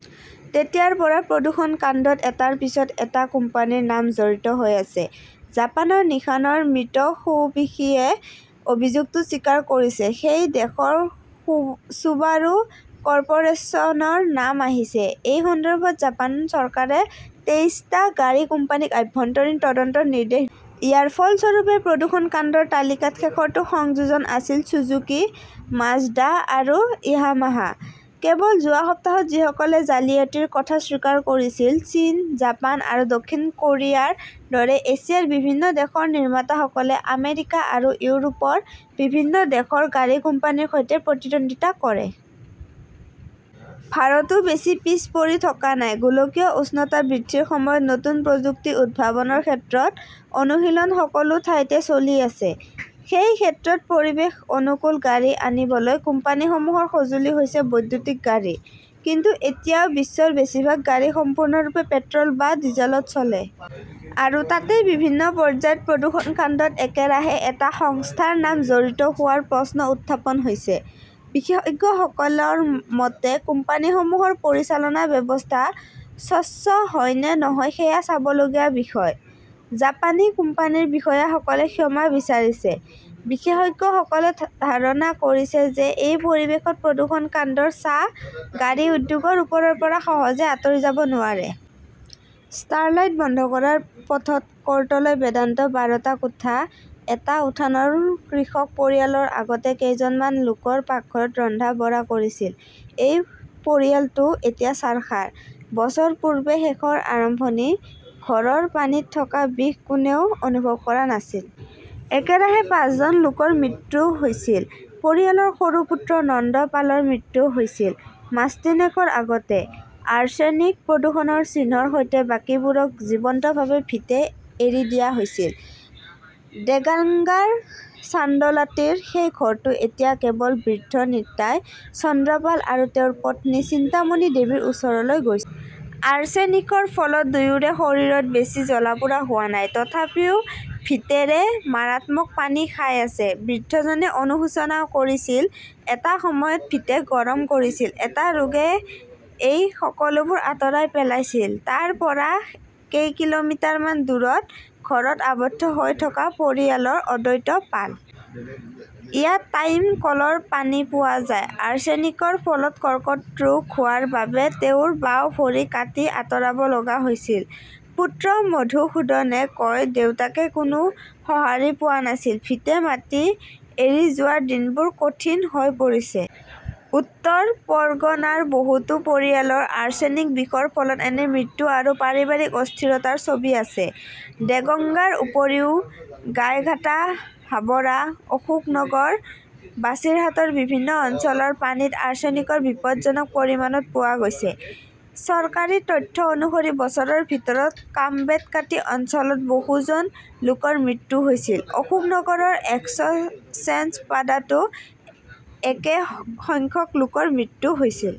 তেতিয়াৰ পৰা প্ৰদূষণ কাণ্ডত এটাৰ পিছত এটা কোম্পানীৰ নাম জড়িত হৈ আছে। জাপানৰ নিসানৰ মিত্সুবিছিয়ে অভিযোগটো স্বীকাৰ কৰিছে। সেই দেশৰ কো চুবাৰু কৰ্পোৰেচনৰ নাম আহিছে। সেই সন্দৰ্ভত জাপান চৰকাৰে তেইশটা গাড়ী কোম্পানীক আভ্যন্তৰীণ তদন্তৰ নিৰ্দেশ দিছিল। ইয়াৰ ফলস্বৰূপে প্ৰদূষণ কাণ্ডৰ তালিকাত শেষৰটো সংযোজন আছিল চুজুকি, মাজদা আৰু ইয়ামাহা। কেৱল যোৱা সপ্তাহত যিসকলে জালিয়াতিৰ কথা স্বীকাৰ কৰিছিল। চীন, জাপান আৰু দক্ষিণ কোৰিয়াৰ দৰে এছিয়াৰ বিভিন্ন দেশৰ নিৰ্মাতাসকলে আমেৰিকা আৰু ইউৰোপৰ বিভিন্ন দেশৰ গাড়ী কোম্পানীৰ সৈতে প্ৰতিদ্বন্দিতা কৰে। ভাৰতো বেছি পিছ পৰি থকা নাই। গোলকীয় উষ্ণতা বৃদ্ধিৰ সময়ত নতুন প্ৰযুক্তি উদ্ভাৱনৰ ক্ষেত্ৰত অনুশীলন সকলো ঠাইতে চলি আছে। সেই ক্ষেত্ৰত পৰিৱেশ অনুকূল গাড়ী আনিবলৈ কোম্পানীসমূহৰ সঁজুলি হৈছে বৈদ্যুতিক গাড়ী। কিন্তু এতিয়াও বিশ্বৰ বেছিভাগ গাড়ী সম্পূৰ্ণৰূপে পেট্ৰল বা ডিজেলত চলে। আৰু তাতেই বিভিন্ন পৰ্যায়ত প্ৰদূষণ কাণ্ডত একেৰাহে এটা সংস্থাৰ নাম জড়িত হোৱাৰ প্ৰশ্ন উত্থাপন হৈছে। বিশেষজ্ঞসকলৰ মতে, কোম্পানীসমূহৰ পৰিচালনা ব্যৱস্থা স্বচ্ছ হয় নে নহয় সেয়া চাবলগীয়া বিষয়। জাপানী কোম্পানীৰ বিষয়াসকলে ক্ষমা বিচাৰিছে। বিশেষজ্ঞসকলে ধাৰণা কৰিছে যে, এই পৰিৱেশত প্ৰদূষণ কাণ্ডৰ ছাঁ গাড়ী উদ্যোগৰ ওপৰৰ পৰা সহজে আঁতৰি যাব নোৱাৰে। ষ্টাৰলাইট বন্ধ কৰাৰ পথত ক'ৰ্টলৈ বেদান্ত বাৰটা কোঠা, এটা উঠানৰ কৃষক পৰিয়ালৰ আগতে কেইজনমান লোকৰ পাকঘৰত ৰন্ধা-বঢ়া কৰিছিল। সেই পৰিয়ালটো এতিয়া চাৰখাৰ। বছৰ পূৰ্বে শেষৰ আৰম্ভণি। ঘৰৰ পানীত থকা বিষ কোনেও অনুভৱ কৰা নাছিল। একেৰাহে পাঁচজন লোকৰ মৃত্যু হৈছিল। পৰিয়ালৰ সৰু পুত্ৰ নন্দ পালৰ মৃত্যু হৈছিল মাষ্টিনেকৰ আগতে। আৰ্ছেনিক-প্ৰদূষণৰ চিহ্নৰ সৈতে বাকীবোৰক জীৱন্তভাৱে ভিটে এৰি দিয়া হৈছিল। দেগাঙ্গাৰ চান্দলাটিৰ সেই ঘৰটো এতিয়া কেৱল বৃদ্ধ নিতাই চন্দ্ৰ পাল আৰু তেওঁৰ পত্নী চিন্তামণি দেৱীৰ ওচৰলৈ গৈছিল। আৰ্ছেনিকৰ ফলত দুয়োৰে শৰীৰত বেছি জ্বলা-পোৰা হোৱা নাই। তথাপিও ভিটেৰে "মাৰাত্মক পানী" খাই আছে। বৃদ্ধজনে অনুশোচনা কৰিছিল, "এটা সময়ত ভিটে গৰম কৰিছিল। এটা ৰোগে এই সকলোবোৰ আঁতৰাই পেলাইছিল"। তাৰ পৰা কেই কিলোমিটাৰমান দূৰত ঘৰত আবদ্ধ হৈ থকা পৰিয়ালৰ অদ্বৈত পাল। ইয়াত টাইম কলৰ পানী পোৱা যায়। আৰ্ছেনিকৰ ফলত কৰ্কট ৰোগ হোৱাৰ বাবে তেওঁৰ বাওঁ ভৰি কাটি আঁতৰাব লগা হৈছিল। পুত্ৰ মধুসূদনে কয়, "দেউতাকে কোনো সহাৰি পোৱা নাছিল। ভিটে-মাটি এৰি যোৱাৰ দিনবোৰ কঠিন হৈ পৰিছে"। উত্তৰ পৰগনাৰ বহুতো পৰিয়ালত আৰ্ছেনিক বিষৰ ফলত এনে মৃত্যু আৰু পাৰিবাৰিক অস্থিৰতাৰ ছবি আছে। দেগঙ্গাৰ উপৰিও গাইঘাটা, হাবৰা, অশোকনগৰ, বাছিৰহাটৰ বিভিন্ন অঞ্চলৰ পানীত আৰ্ছেনিক বিপদজ্জনক পৰিমাণত পোৱা গৈছে। চৰকাৰী তথ্য অনুসৰি বছৰৰ ভিতৰত কামদেবকাটি অঞ্চলত বহুজন লোকৰ মৃত্যু হৈছিল। অশোকনগৰৰ এক্সচেঞ্জপাডাতো একে সংখ্যক লোকৰ মৃত্যু হৈছিল।